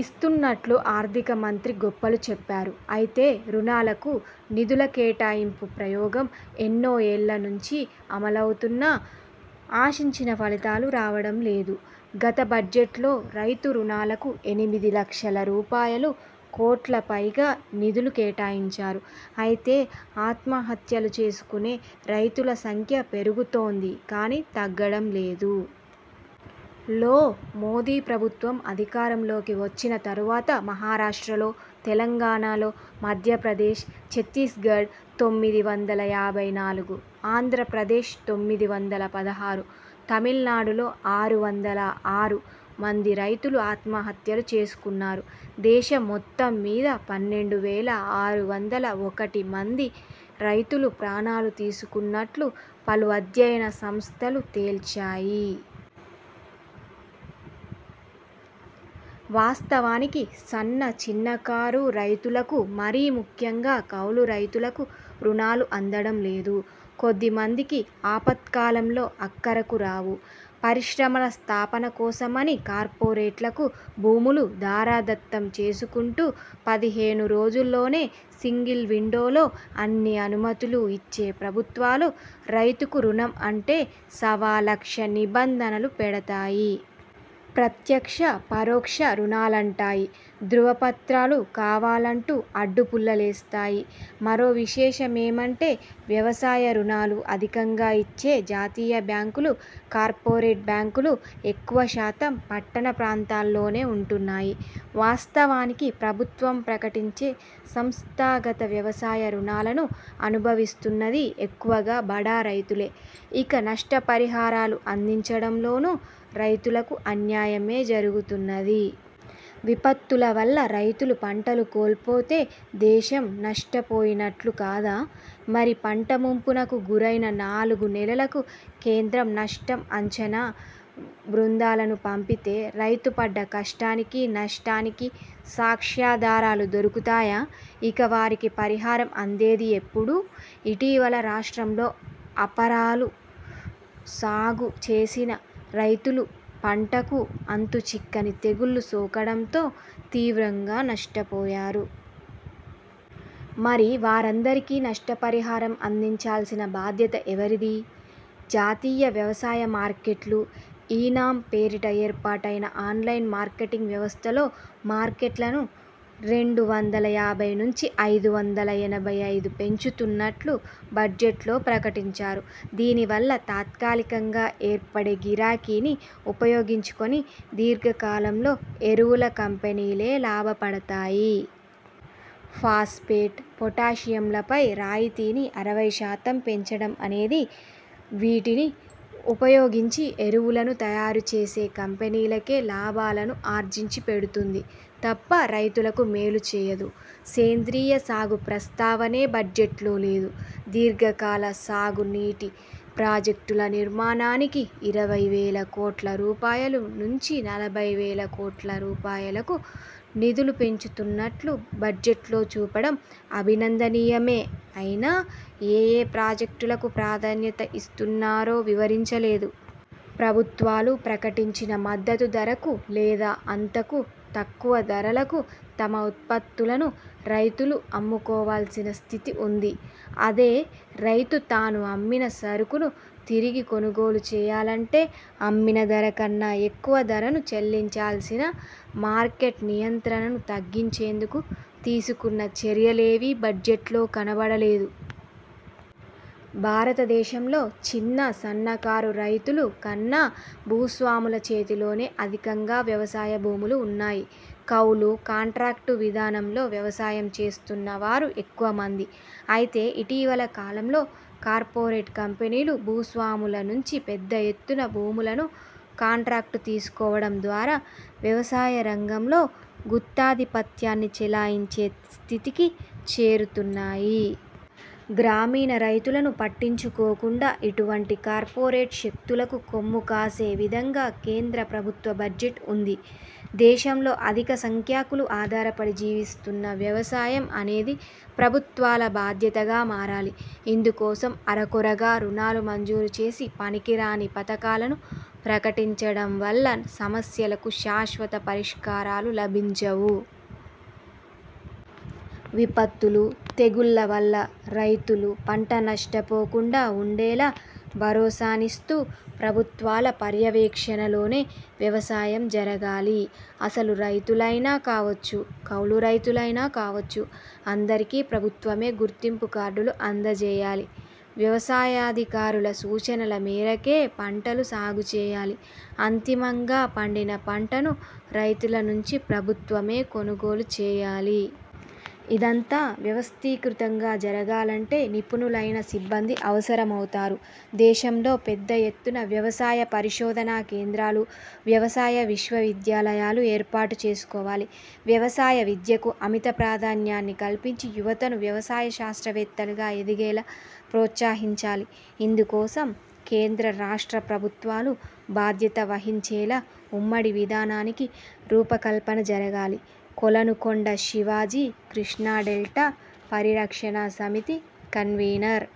ఇస్తున్నట్లు ఆర్థికమంత్రి గొప్పలు చెప్పారు. అయితే రుణాలకు నిధుల కేటాయింపు ప్రయోగం ఎన్నో ఏళ్ల నుంచి అమలవుతున్నా ఆశించిన ఫలితాలు రావడం లేదు. గత బడ్జెట్లో రైతు రుణాలకు ఎనిమిది లక్షల రూపాయలు కోట్లపైగా నిధులు కేటాయించారు. అయితే ఆత్మహత్యలు చేసుకునే రైతుల సంఖ్య పెరుగుతోంది కానీ తగ్గడం లేదు. లో మోదీ ప్రభుత్వం అధికారంలోకి వచ్చిన తరువాత మహారాష్ట్రలో, తెలంగాణలో, మధ్యప్రదేశ్, ఛత్తీస్గఢ్ తొమ్మిది వందల యాభై నాలుగు, ఆంధ్రప్రదేశ్- తొమ్మిది వందల పదహారు, తమిళనాడులో ఆరు వందల ఆరు మంది రైతులు ఆత్మహత్యలు చేసుకున్నారు. దేశం మొత్తం మీద పన్నెండు వేల ఆరు వందల ఒకటి మంది రైతులు ప్రాణాలు తీసుకున్నట్లు పలు అధ్యయన సంస్థలు తేల్చాయి. వాస్తవానికి సన్న చిన్నకారు రైతులకు, మరీ ముఖ్యంగా కౌలు రైతులకు రుణాలు అందడం లేదు. కొద్దిమందికి ఆపత్కాలంలో అక్కరకు రావు. పరిశ్రమల స్థాపన కోసమని కార్పొరేట్లకు భూములు ధారాదత్తం చేసుకుంటూ పదిహేను రోజుల్లోనే సింగిల్ విండోలో అన్ని అనుమతులు ఇచ్చే ప్రభుత్వాలు రైతుకు రుణం అంటే సవాలక్ష నిబంధనలు పెడతాయి. ప్రత్యక్ష, పరోక్ష రుణాలంటాయి. ధ్రువపత్రాలు కావాలంటూ అడ్డు పుల్లలేస్తాయి. మరో విశేషమేమంటే వ్యవసాయ రుణాలు అధికంగా ఇచ్చే జాతీయ బ్యాంకులు, కార్పొరేట్ బ్యాంకులు ఎక్కువ శాతం పట్టణ ప్రాంతాల్లోనే ఉంటున్నాయి. వాస్తవానికి ప్రభుత్వం ప్రకటించే సంస్థాగత వ్యవసాయ రుణాలను అనుభవిస్తున్నది ఎక్కువగా బడా రైతులే. ఇక నష్ట పరిహారాలు అందించడం లోనూ రైతులకు అన్యాయమే జరుగుతున్నది. విపత్తుల వల్ల రైతులు పంటలు కోల్పోతే దేశం నష్ట పోయినట్లు కాదా? మరి పంట ముంపునకు గురైన నాలుగు నెలలకు కేంద్రం నష్టం అంచనా బృందాలను పంపితే రైతు పడ్డ కష్టానికి, నష్టానికి సాక్ష్యాధారాలు దొరుకుతాయా? ఇక వారికి పరిహారం అందేది ఎప్పుడు? ఇటీవల రాష్ట్రంలో అపరాలు సాగు చేసిన రైతులు పంటకు అంతు చిక్కని తెగుళ్లు సోకడంతో తీవ్రంగా నష్టపోయారు. మరి వారందరికీ నష్టపరిహారం అందించాల్సిన బాధ్యత ఎవరిది? జాతీయ వ్యవసాయ మార్కెట్లు 'ఈ నామ్' పేరిట ఏర్పాటైన ఆన్లైన్ మార్కెటింగ్ వ్యవస్థలో మార్కెట్లను రెండు వందల యాభై నుంచి ఐదు వందల ఎనభై ఐదు పెంచుతున్నట్లు బడ్జెట్లో ప్రకటించారు. దీనివల్ల తాత్కాలికంగా ఏర్పడే గిరాకీని ఉపయోగించుకుని దీర్ఘకాలంలో ఎరువుల కంపెనీలే లాభపడతాయి. ఫాస్ఫేట్, పొటాషియంలపై రాయితీని అరవైశాతం పెంచడం అనేది, వీటిని ఉపయోగించి ఎరువులను తయారుచేసే కంపెనీలకే లాభాలను ఆర్జించి పెడుతుంది తప్ప రైతులకు మేలు చేయదు. సేంద్రియసాగు ప్రస్తావనే బడ్జెట్లో లేదు. దీర్ఘకాల సాగునీటి ప్రాజెక్టుల నిర్మాణానికి ఇరవై వేల కోట్ల రూపాయలు నుంచి నలభై వేల కోట్ల రూపాయలకు నిధులు పెంచుతున్నట్లు బడ్జెట్లో చూపడం అభినందనీయమే అయినా, ఏఏ ప్రాజెక్టులకు ప్రాధాన్యత ఇస్తున్నారో వివరించలేదు. ప్రభుత్వాలు ప్రకటించిన మద్దతు ధరకు లేదా అంతకు తక్కువ ధరలకు తమ ఉత్పత్తులను రైతులు అమ్ముకోవాల్సిన స్థితి ఉంది. అదే రైతు తాను అమ్మిన సరుకును తిరిగి కొనుగోలు చేయాలంటే అమ్మినధర కన్నా ఎక్కువ ధరను చెల్లించాల్సిన మార్కెట్ నియంత్రణను తగ్గించేందుకు తీసుకున్న చర్యలేవీ బడ్జెట్లో కనబడలేదు. భారతదేశంలో చిన్న, సన్నకారు రైతులు కన్నా భూస్వాముల చేతిలోనే అధికంగా వ్యవసాయ భూములు ఉన్నాయి. కౌెలు, కాంట్రాక్టు విధానంలో వ్యవసాయం చేస్తున్నవారు ఎక్కువమంది. అయితే ఇటీవల కాలంలో కార్పొరేట్ కంపెనీలు భూస్వాముల నుంచి పెద్ద ఎత్తున భూములను కాంట్రాక్టు తీసుకోవడం ద్వారా వ్యవసాయ రంగంలో గుత్తాధిపత్యాన్ని చలాయించే స్థితికి చేరుతున్నాయి. గ్రామీణ రైతులను పట్టించుకోకుండా ఇటువంటి కార్పొరేట్ శక్తులకు కొమ్ముకాసే విధంగా కేంద్రప్రభుత్వ బడ్జెట్ ఉంది. దేశంలో అధిక సంఖ్యాకులు ఆధారపడి జీవిస్తున్న వ్యవసాయం అనేది ప్రభుత్వాల బాధ్యతగా మారాలి. ఇందుకోసం అరకొరగా రుణాలు మంజూరు చేసి, పనికిరాని పథకాలను ప్రకటించడం వల్ల సమస్యలకు శాశ్వత పరిష్కారాలు లభించవు. విపత్తులు, తెగుళ్ల వల్ల రైతులు పంట నష్టపోకుండా వుండేలా భరోసానిస్తూ ప్రభుత్వాల పర్యవేక్షణలోనే వ్యవసాయం జరగాలి. అసలు రైతులైనా కావచ్చు, కౌలు రైతులైనా కావచ్చు అందరికీ ప్రభుత్వమే గుర్తింపు కార్డులు అందజేయాలి. వ్యవసాయాధికారుల సూచనల మేరకే పంటలు సాగు చేయాలి. అంతిమంగా పండిన పంటను రైతుల నుంచి ప్రభుత్వమే కొనుగోలు చేయాలి. ఇదంతా వ్యవస్థీకృతంగా జరగాలంటే నిపుణులైన సిబ్బంది అవసరమవుతారు. దేశంలో పెద్ద ఎత్తున వ్యవసాయ పరిశోధన కేంద్రాలు, వ్యవసాయ విశ్వవిద్యాలయాలు ఏర్పాటు చేసుకోవాలి. వ్యవసాయ విద్యకు అమిత ప్రాధాన్యాన్ని కల్పించి యువతను వ్యవసాయ శాస్త్రవేత్తలుగా ఎదిగేలా ప్రోత్సహించాలి. ఇందుకోసం కేంద్రరాష్ట్ర ప్రభుత్వాలు బాధ్యత వహించేలా ఉమ్మడి విధానానికి రూపకల్పన జరగాలి. కొలనుకొండ శివాజీ కృష్ణాడెల్టా పరిరక్షణ సమితి కన్వీనర్